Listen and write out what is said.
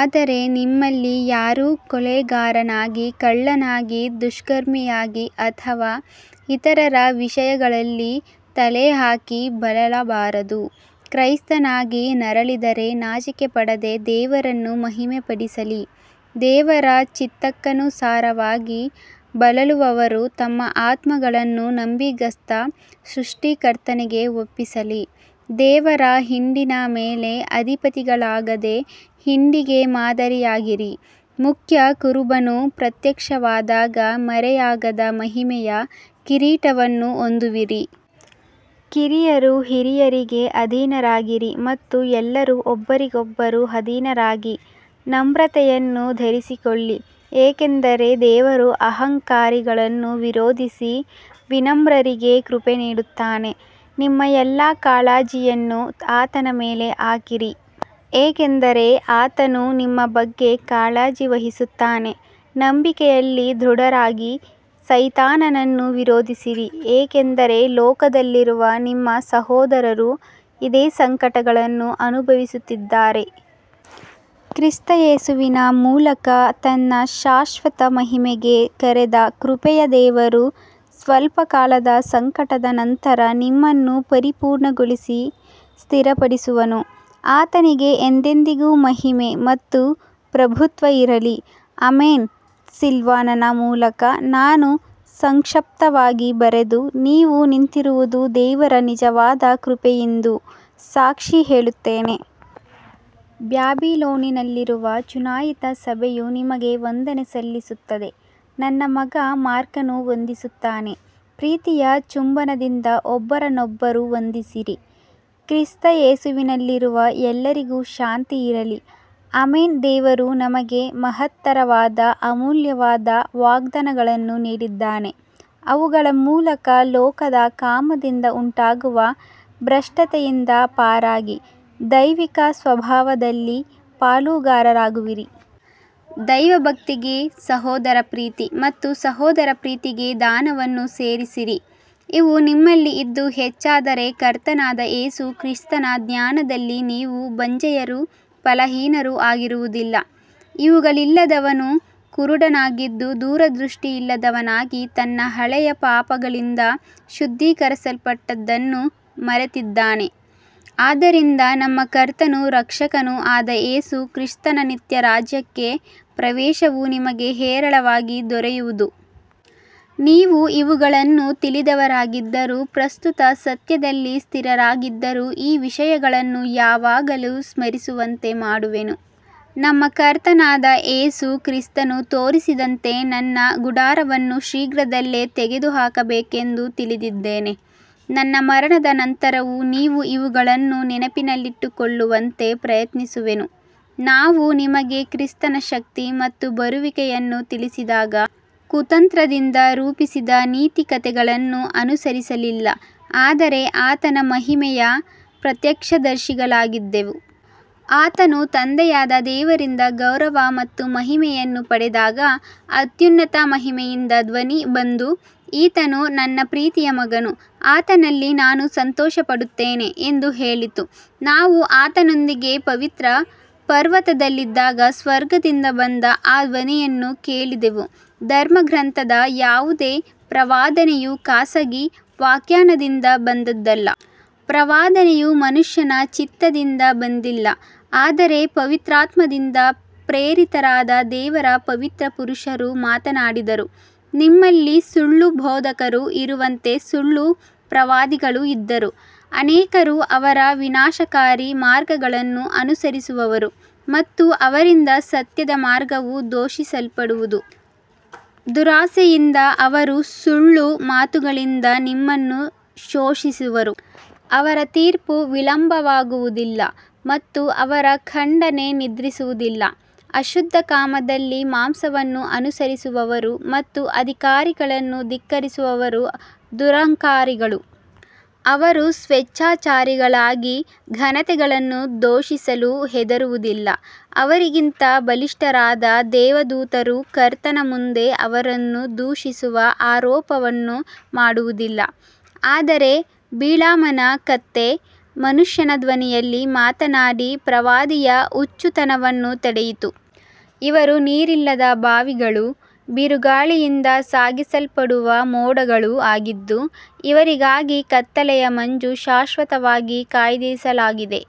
ಆದರೆ ನಿಮ್ಮಲ್ಲಿ ಯಾರೂ ಕೊಲೆಗಾರನಾಗಿ ಕಳ್ಳನಾಗಿ ದುಷ್ಕರ್ಮಿಯಾಗಿ ಅಥವಾ ಇತರರ ವಿಷಯಗಳಲ್ಲಿ ತಲೆಹಾಕಿ ಬಳಲಬಾರದು. ಕ್ರೈಸ್ತನಾಗಿ ನರಳಿದರೆ ನಾಚಿಕೆಪಡದೆ ದೇವರನ್ನು ಮಹಿಮೆಪಡಿಸಲಿ. ದೇವರ ಚಿತ್ತಕ್ಕನುಸಾರವಾಗಿ ಬಳಲುವವರು ತಮ್ಮ ಆತ್ಮಗಳನ್ನು ನಂಬಿಗಸ್ತ ಸೃಷ್ಟಿಕರ್ತನಿಗೆ ಒಪ್ಪಿಸಲಿ. ದೇವರ ಹಿಂಡಿನ ಮೇಲೆ ಅಧಿಪತಿಗಳಾಗದೆ ಹಿಂಡಿಗೆ ಮಾದರಿಯಾಗಿರಿ. ಮುಖ್ಯ ಕುರುಬನು ಪ್ರತ್ಯಕ್ಷವಾದಾಗ ಮರೆಯಾಗದ ಮಹಿಮೆಯ ಕಿರೀಟವನ್ನು ಹೊಂದುವಿರಿ. ಕಿರಿಯರು ಹಿರಿಯರಿಗೆ ಅಧೀನರಾಗಿರಿ ಮತ್ತು ಎಲ್ಲರೂ ಒಬ್ಬರಿಗೊಬ್ಬರು ಅಧೀನರಾಗಿ ನಮ್ರತೆಯನ್ನು ಧರಿಸಿಕೊಳ್ಳಿರಿ, ಏಕೆಂದರೆ ದೇವರು ಅಹಂಕಾರಿಗಳನ್ನು ವಿರೋಧಿಸಿ ವಿನಮ್ರರಿಗೆ ಕೃಪೆ ನೀಡುತ್ತಾನೆ. ನಿಮ್ಮ ಎಲ್ಲಾ ಕಾಳಜಿಯನ್ನು ಆತನ ಮೇಲೆ ಹಾಕಿರಿ, ಏಕೆಂದರೆ ಆತನು ನಿಮ್ಮ ಬಗ್ಗೆ ಕಾಳಜಿ ವಹಿಸುತ್ತಾನೆ. ನಂಬಿಕೆಯಲ್ಲಿ ದೃಢರಾಗಿ ಸೈತಾನನನ್ನು ವಿರೋಧಿಸಿರಿ, ಏಕೆಂದರೆ ಲೋಕದಲ್ಲಿರುವ ನಿಮ್ಮ ಸಹೋದರರೂ ಇದೇ ಸಂಕಟಗಳನ್ನು ಅನುಭವಿಸುತ್ತಿದ್ದಾರೆ. ಕ್ರಿಸ್ತ ಯೇಸುವಿನ ಮೂಲಕ ತನ್ನ ಶಾಶ್ವತ ಮಹಿಮೆಗೆ ಕರೆದ ಕೃಪೆಯ ದೇವರು ಸ್ವಲ್ಪಕಾಲದ ಸಂಕಟದ ನಂತರ ನಿಮ್ಮನ್ನು ಪರಿಪೂರ್ಣಗೊಳಿಸಿ ಸ್ಥಿರಪಡಿಸುವನು. ಆತನಿಗೆ ಎಂದೆಂದಿಗೂ ಮಹಿಮೆ ಮತ್ತು ಪ್ರಭುತ್ವ ಇರಲಿ. ಆಮೆನ್. ಸಿಲ್ವಾನನ ಮೂಲಕ ನಾನು ಸಂಕ್ಷಿಪ್ತವಾಗಿ ಬರೆದು, ನೀವು ನಿಂತಿರುವುದು ದೇವರ ನಿಜವಾದ ಕೃಪೆಯೆಂದು ಸಾಕ್ಷಿ ಹೇಳುತ್ತೇನೆ. ಬ್ಯಾಬಿಲೋನಿನಲ್ಲಿರುವ ಚುನಾಯಿತ ಸಭೆಯೂ ನಿಮಗೆ ವಂದನೆ ಸಲ್ಲಿಸುತ್ತದೆ. ನನ್ನ ಮಗ ಮಾರ್ಕನೂ ವಂದಿಸುತ್ತಾನೆ. ಪ್ರೀತಿಯ ಚುಂಬನದಿಂದ ಒಬ್ಬರನ್ನೊಬ್ಬರು ವಂದಿಸಿರಿ. ಕ್ರಿಸ್ತ ಯೇಸುವಿನಲ್ಲಿರುವ ಎಲ್ಲರಿಗೂ ಶಾಂತಿ ಇರಲಿ. ಆಮೆನ್. ದೇವರು ನಮಗೆ ಮಹತ್ತರವಾದ ಅಮೂಲ್ಯವಾದ ವಾಗ್ದಾನಗಳನ್ನು ನೀಡಿದ್ದಾನೆ, ಅವುಗಳ ಮೂಲಕ ಲೋಕದ ಕಾಮದಿಂದ ಉಂಟಾಗುವ ಭ್ರಷ್ಟತೆಯಿಂದ ಪಾರಾಗಿ ದೈವಿಕ ಸ್ವಭಾವದಲ್ಲಿ ಪಾಲುಗಾರರಾಗುವಿರಿ. ದೈವಭಕ್ತಿಗೆ ಸಹೋದರ ಪ್ರೀತಿ ಮತ್ತು ಸಹೋದರ ಪ್ರೀತಿಗೆ ದಾನವನ್ನು ಸೇರಿಸಿರಿ. ಇವು ನಿಮ್ಮಲ್ಲಿ ಇದ್ದು ಹೆಚ್ಚಾದರೆ ಕರ್ತನಾದ ಯೇಸು ಕ್ರಿಸ್ತನ ಜ್ಞಾನದಲ್ಲಿ ನೀವು ಬಂಜೆಯರೂ ಫಲಹೀನರೂ ಆಗಿರುವುದಿಲ್ಲ. ಇವುಗಳಿಲ್ಲದವನು ಕುರುಡನಾಗಿದ್ದು ದೂರದೃಷ್ಟಿಯಿಲ್ಲದವನಾಗಿ ತನ್ನ ಹಳೆಯ ಪಾಪಗಳಿಂದ ಶುದ್ಧೀಕರಿಸಲ್ಪಟ್ಟದ್ದನ್ನು ಮರೆತಿದ್ದಾನೆ. ಆದ್ದರಿಂದ ನಮ್ಮ ಕರ್ತನೂ ರಕ್ಷಕನೂ ಆದ ಯೇಸು ಕ್ರಿಸ್ತನ ನಿತ್ಯ ರಾಜ್ಯಕ್ಕೆ ಪ್ರವೇಶವು ನಿಮಗೆ ಹೇರಳವಾಗಿ ದೊರೆಯುವುದು. ನೀವು ಇವುಗಳನ್ನು ತಿಳಿದವರಾಗಿದ್ದರೂ ಪ್ರಸ್ತುತ ಸತ್ಯದಲ್ಲಿ ಸ್ಥಿರರಾಗಿದ್ದರೂ ಈ ವಿಷಯಗಳನ್ನು ಯಾವಾಗಲೂ ಸ್ಮರಿಸುವಂತೆ ಮಾಡುವೆನು. ನಮ್ಮ ಕರ್ತನಾದ ಯೇಸು ಕ್ರಿಸ್ತನು ತೋರಿಸಿದಂತೆ ನನ್ನ ಗುಡಾರವನ್ನು ಶೀಘ್ರದಲ್ಲೇ ತೆಗೆದುಹಾಕಬೇಕೆಂದು ತಿಳಿದಿದ್ದೇನೆ. ನನ್ನ ಮರಣದ ನಂತರವೂ ನೀವು ಇವುಗಳನ್ನು ನೆನಪಿನಲ್ಲಿಟ್ಟುಕೊಳ್ಳುವಂತೆ ಪ್ರಯತ್ನಿಸುವೆನು. ನಾವು ನಿಮಗೆ ಕ್ರಿಸ್ತನ ಶಕ್ತಿ ಮತ್ತು ಬರುವಿಕೆಯನ್ನು ತಿಳಿಸಿದಾಗ ಕುತಂತ್ರದಿಂದ ರೂಪಿಸಿದ ನೀತಿಕಥೆಗಳನ್ನು ಅನುಸರಿಸಲಿಲ್ಲ, ಆದರೆ ಆತನ ಮಹಿಮೆಯ ಪ್ರತ್ಯಕ್ಷದರ್ಶಿಗಳಾಗಿದ್ದೆವು. ಆತನು ತಂದೆಯಾದ ದೇವರಿಂದ ಗೌರವ ಮತ್ತು ಮಹಿಮೆಯನ್ನು ಪಡೆದಾಗ ಅತ್ಯುನ್ನತ ಮಹಿಮೆಯಿಂದ ಧ್ವನಿ ಬಂದು, ಈತನು ನನ್ನ ಪ್ರೀತಿಯ ಮಗನು, ಆತನಲ್ಲಿ ನಾನು ಸಂತೋಷಪಡುತ್ತೇನೆ ಎಂದು ಹೇಳಿತು. ನಾವು ಆತನೊಂದಿಗೆ ಪವಿತ್ರ ಪರ್ವತದಲ್ಲಿದ್ದಾಗ ಸ್ವರ್ಗದಿಂದ ಬಂದ ಆ ಧ್ವನಿಯನ್ನು ಕೇಳಿದೆವು. ಧರ್ಮಗ್ರಂಥದ ಯಾವುದೇ ಪ್ರವಾದನೆಯೂ ಖಾಸಗಿ ವ್ಯಾಖ್ಯಾನದಿಂದ ಬಂದದ್ದಲ್ಲ. ಪ್ರವಾದನೆಯು ಮನುಷ್ಯನ ಚಿತ್ತದಿಂದ ಬಂದಿಲ್ಲ, ಆದರೆ ಪವಿತ್ರಾತ್ಮದಿಂದ ಪ್ರೇರಿತರಾದ ದೇವರ ಪವಿತ್ರ ಪುರುಷರು ಮಾತನಾಡಿದರು. ನಿಮ್ಮಲ್ಲಿ ಸುಳ್ಳು ಬೋಧಕರು ಇರುವಂತೆ ಸುಳ್ಳು ಪ್ರವಾದಿಗಳೂ ಇದ್ದರು. ಅನೇಕರು ಅವರ ವಿನಾಶಕಾರಿ ಮಾರ್ಗಗಳನ್ನು ಅನುಸರಿಸುವರು ಮತ್ತು ಅವರಿಂದ ಸತ್ಯದ ಮಾರ್ಗವು ದೂಷಿಸಲ್ಪಡುವುದು. ದುರಾಶೆಯಿಂದ ಅವರು ಸುಳ್ಳು ಮಾತುಗಳಿಂದ ನಿಮ್ಮನ್ನು ಶೋಷಿಸುವರು. ಅವರ ತೀರ್ಪು ವಿಳಂಬವಾಗುವುದಿಲ್ಲ ಮತ್ತು ಅವರ ಖಂಡನೆ ನಿದ್ರಿಸುವುದಿಲ್ಲ. ಅಶುದ್ಧ ಕಾಮದಲ್ಲಿ ಮಾಂಸವನ್ನು ಅನುಸರಿಸುವವರು ಮತ್ತು ಅಧಿಕಾರಿಗಳನ್ನು ಧಿಕ್ಕರಿಸುವವರು ದುರಹಂಕಾರಿಗಳು. ಅವರು ಸ್ವೇಚ್ಛಾಚಾರಿಗಳಾಗಿ ಘನತೆಗಳನ್ನು ದೂಷಿಸಲು ಹೆದರುವುದಿಲ್ಲ. ಅವರಿಗಿಂತ ಬಲಿಷ್ಠರಾದ ದೇವದೂತರೂ ಕರ್ತನ ಮುಂದೆ ಅವರನ್ನು ದೂಷಿಸುವ ಆರೋಪವನ್ನು ಮಾಡುವುದಿಲ್ಲ. ಆದರೆ ಬಿಳಾಮನ ಕತ್ತೆ ಮನುಷ್ಯನ ಧ್ವನಿಯಲ್ಲಿ ಮಾತನಾಡಿ ಪ್ರವಾದಿಯ ಹುಚ್ಚುತನವನ್ನು ತಡೆಯಿತು. ಇವರು ನೀರಿಲ್ಲದ ಬಾವಿಗಳೂ ಬಿರುಗಾಳಿಯಿಂದ ಸಾಗಿಸಲ್ಪಡುವ ಮೋಡಗಳೂ ಆಗಿದ್ದು, ಇವರಿಗಾಗಿ ಕತ್ತಲೆಯ ಮಂಜು ಶಾಶ್ವತವಾಗಿ ಕಾಯ್ದಿರಿಸಲಾಗಿದೆ.